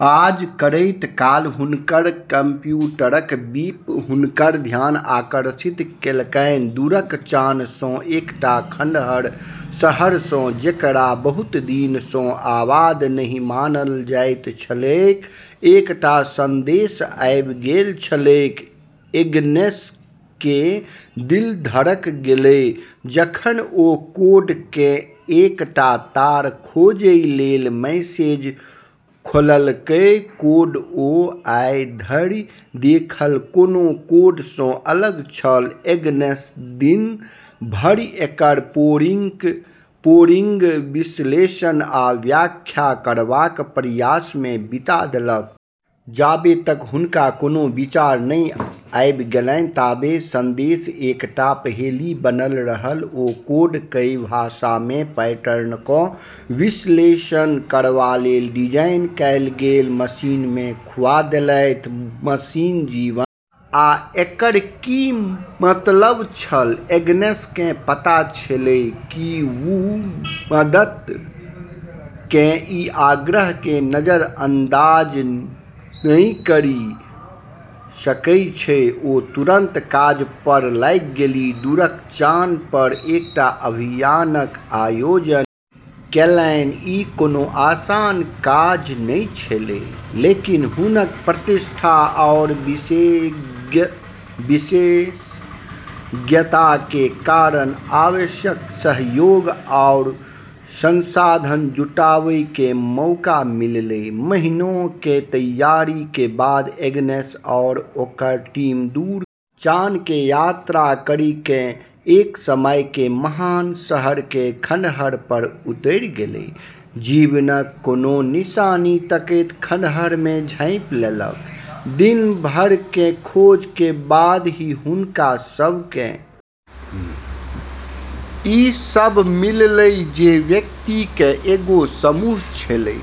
काज करैत काल हुनकर कम्प्यूटरक बीप हुनकर ध्यान आकर्षित केलकनि, दूरक चान सँ एकटा खंडहर शहर सँ जेकरा बहुत दिन सँ आबाद नहि मानल जाइत छलैक, एकटा संदेश आबि गेल छलैक, एग्नेस के दिल धड़क गेलै जखन ओ कोड के एकटा तार खोजय लेल मैसेज खोललकै कोड ओ आइ धरि देखल कोनो कोड स अलग छल, एग्नेस दिन भरि एकर पोरिंग, विश्लेषण आ व्याख्या करबाक प्रयास मे बिता देलक। जाबे तक हुनका कोनो विचार नै आबि गेलैन ताबे संदेश एकटा पहेली बनल रहल ओ कोड कए भाषा मे पैटर्न क विश्लेषण करबा लेल डिजाइन कैल गेल मशीन मे खुआ देलथि, मशीन जीवन आ एकर की मतलब छल? एग्नेस के पता छेलै कि वू मदद के ई आग्रह के नजरअंदाज नै करी सकै छै ओ तुरंत काज पर लागि गेलीह, दूरक चान पर एकटा अभियानक आयोजन केलनि ई कोनो आसान काज नै छेलै, लेकिन हुनकऽ प्रतिष्ठा आरू विशेषज्ञता के कारण आवश्यक सहयोग आरू संसाधन जुटाबै के मौका मिललै, महीनों के तैयारी के बाद एग्नेस आरू ओकरऽ टीम दूर के चान के यात्रा करी के एक समय के महान शहर के खंडहर पर उतरी गेलै, जीवनक कोनो निशानी तकैत खंडहर मे झाँपि लेलक दिन भर के खोज के बाद ही हुनका सब के ई सब मिललै जे व्यक्ति के एगो समूह छेलै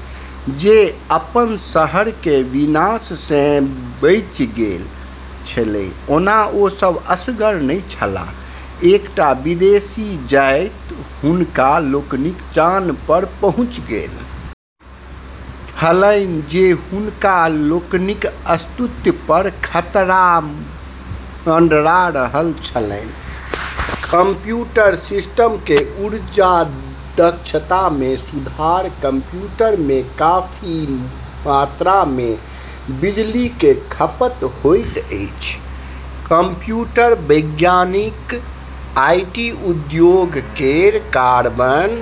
जे अपनऽ शहर के विनाश से बची गेलऽ छेलै ओना ओ सभ असगर नहि छलाह, एकटा विदेशी जाति हुनका लोकनिक चान पर पहुँचि गेल छलनि जे हुनका लोकनिक अस्तित्व पर खतरा मंडरा रहल छलनि, कम्प्यूटर सिस्टम के ऊर्जा दक्षता में सुधार कम्प्यूटर में काफी मात्रा में बिजली के खपत होइत अछि कंप्यूटर वैज्ञानिक आईटी उद्योग केरऽ कार्बन